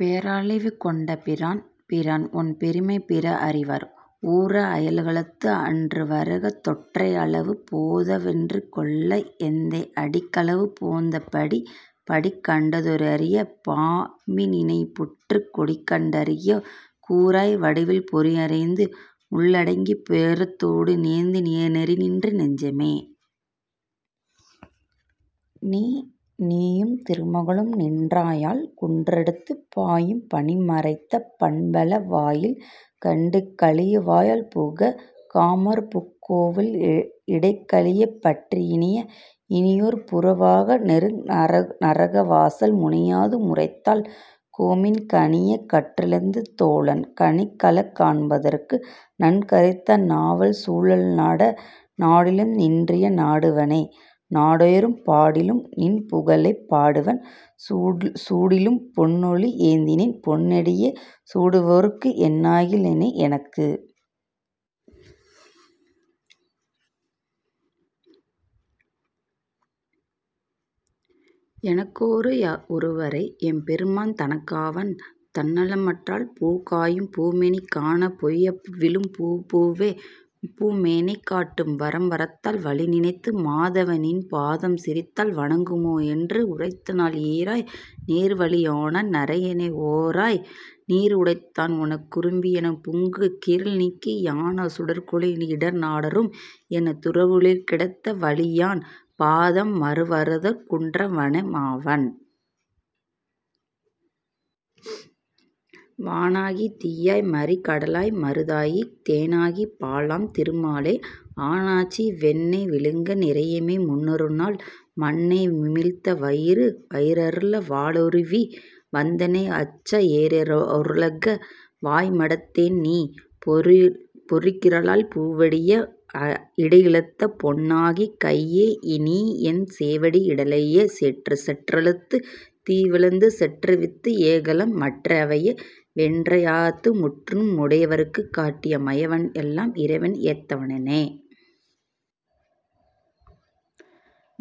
பேராழி கொண்ட பிரான்? பிரான். உன் பெருமை பிறரா ரறிவார்?, உராஅ யுலகளந்த ஞான்று, வராகத் தெயிற்றளவு போதாவா றென்கொலோ, எந்தை அடிக்களவு போந்த படி? படிகண் டறிதியே பாம்பணையி னான், புட் கொடிகண் டறிதியே? கூறாய், வடிவில் பொறியைந்து முள்ளடக்கிப் போதொடுநீ ரேந்தி, நெறிநின்ற நெஞ்சமே. நீ. நீயும் திருமகளும் நின்றாயால், குன்றெடுத்துப் பாயும் பனிமறைத்த பண்பாளா, வாயில் கடைகழியா வுள்புகாக் காமர்பூங் கோவல் இடைகழியே பற்றி யினி. இனியார் புகுவா ரெழுநரக வாசல்? முனியாது மூரித்தாள் கோமின், கனிசாயக் கன்றெறிந்த தோளான் கனைகழலே காண்பதற்கு, நன்கறிந்த நாவலம்சூழ் நாடு. நாடிலும் நின்னடியே நாடுவன, நாடோ றும் பாடிலும் நின்புகழே பாடுவன், சூடிலும் பொன்னாழி யேந்தினான் பொன்னடியே சூடுவேற்கு, என்னாகி லென்னே எனக்கு? எனக்காவா ராரொருவரே, எம்பெருமான் தனக்காவான் தானேமற் றல்லால், புனக்காயாம் பூமேனி காணப் பொதியவிழும் பூவைப்பூ, மாமேனி காட்டும் வரம். வரத்தால் வலிநினைந்து மாதவ. நின் பாதம், சிரத்தால் வணங்கானா மென்றே, உரத்தினால் ஈரரியாய் நேர்வலியோ னாய இரணியனை, ஓரரியாய் நீயிடந்த தூன்? ஊனக் குரம்பையி னுள்புக் கிருள்நீக்கி, ஞானச் சுடர்கொளீஇ நாடோ றும், ஏனத் துருவா யுலகிடந்த வூழியான் பாதம், மருவாதார்க் கொன்ற மரம் வான்? வானாகித் தீயாய் மறிகடலாய் மாருதமாய் தேனாகிப் பாலாம் திருமாலே, ஆனாய்ச்சி வெண்ணெய் விழுங்க நிறையுமே, முன்னொருநாள் மண்ணை உமிழ்ந்த வயிறு? வயிறழல வாளுருவி வந்தானை யஞ்ச எயிறிலக வாய்மடுத்த தென்நீ, பொறியுகிரால் பூவடியை யீடழித்த பொன்னாழிக் கையா, நின் சேவடிமே லீடழியச் செற்று? செற்றெழுந்து தீவிழித்துச் சென்றவிந்த ஏழுலகும், மற்றிவையா வென்றுவா யங்காந்து, முற்றும் மறையவற்குக் காட்டிய மாயவன் யல்லால், இறையேனும் ஏத்தவனே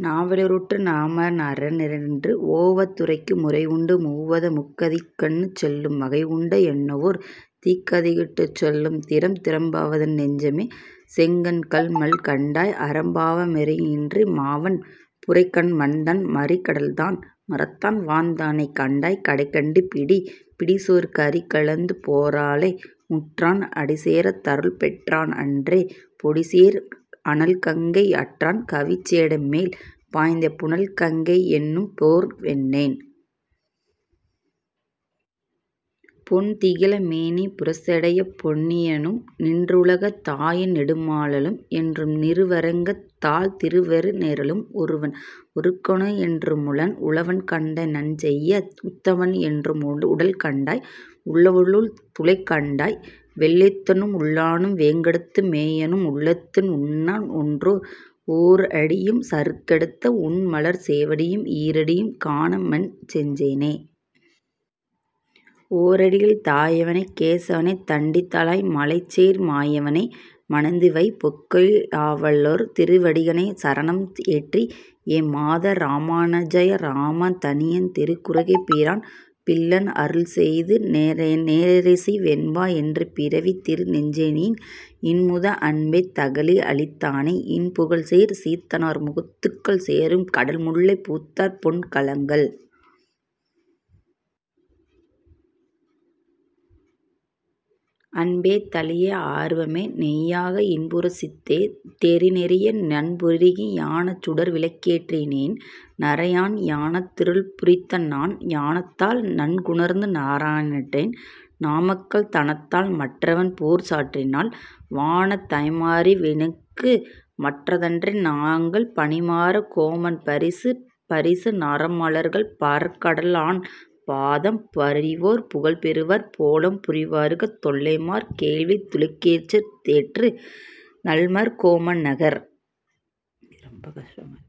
நாவாயி லுண்டே நமோநார ணா என்று, ஓவா துரைக்கு முரையுண்டே, மூவாத மாக்கதிக்கண் செல்லும் வகையுண்டே, என்னொருவர் தீக்கதிக்கட் செல்லும் திறம்? திறம்பாதென் னெஞ்சமே. செங்கண்மால் கண்டாய், அறம்பாவ மென்றிரண்டு மாவான், புறந்தானிம் மண்தான் மறிகடல்தான் மாருதந்தான், வான்தானே, கண்டாய் கடைக்கட் பிடி. பிடிசேர் களிறளித்த பேராளா, உன்றன் அடிசேர்ந் தருள்பெற்றாள் அன்றே, பொடிசேர் அனல்கங்கை யேற்றான் அவிர்சடைமேல் பாய்ந்த, புனல்கங்கை யென்னும்பேர்ப் பொன்? பொன்திகழ மேனிப் புரிசடையம் புண்ணியனும், நின்றுலகம் தாய நெடுமாலும், என்றும் இருவரங்கத் தால்திரிவ ரேலும், ஒருவன் ஒருவனங்கத் தென்று முளன். உளன்கண்டாய் நன்னெஞ்சே. உத்தமன் என்றும் உளன்கண்டாய், உள்ளூவா ருள்ளத் துளன்கண்டாய், வெள்ளத்தி னுள்ளானும் வேங்கடத்து மேயானும், உள்ளத்தி னுள்ளனென் றோர். ஓரடியும் சாடுதைத்த ஒண்மலர்ச் சேவடியும், ஈரடியும் காணலா மென்னெஞ்சே. ஓரடியில் தாயவனைக் கேசவனைத் தண்டுழாய் மாலைசேர், மாயவனை யேமனத்து வை. பொய்கையாழ்வார் திருவடிகளே சரணம் ஸ்ரீ: ஸ்ரீமதே ராமானுஜாய நம: தனியன் திருகுருகைப்பிரான் பிள்ளான் அருளிச் செய்தது நேரிசை வெண்பா என்பிறவி தீர இறைஞ்சினேன் இன்னமுதா அன்பே தகளி யளித்தானை, நன்புகழ்சேர் சீதத்தார் முத்துகள் சேரும் கடல்மல்லைப் பூதத்தார் பொன்னங்கழல். அன்பே தளியா ஆர்வமே நெய்யாக, இன்புருகு சிந்தை யிடுதிரியா, நன்புருகி ஞானச் சுடர்விளக் கேற்றினேன் நாரணற்கு ஞானத் தமிழ்புரிந்த நான். ஞானத்தால் நன்குணர்ந்து நாரணன்றன் நாமங்கள், தானத்தால் மற்றவன் பேர் சாற்றினால், வானத் தணியமர ராக்குவிக்கு மஃதன்றே, நாங்கள் பணியமரர் கோமான் பரிசு? பரிசு நறுமலரால் பாற்கடலான் பாதம், புரிவார் புகழ்பெறுவர் போலாம், புரிவார்கள் தொல்லமரர் கேள்வித் துலங்கொளிசேர் தோற்றத்து நல்லமரர் கோமான் நகர்.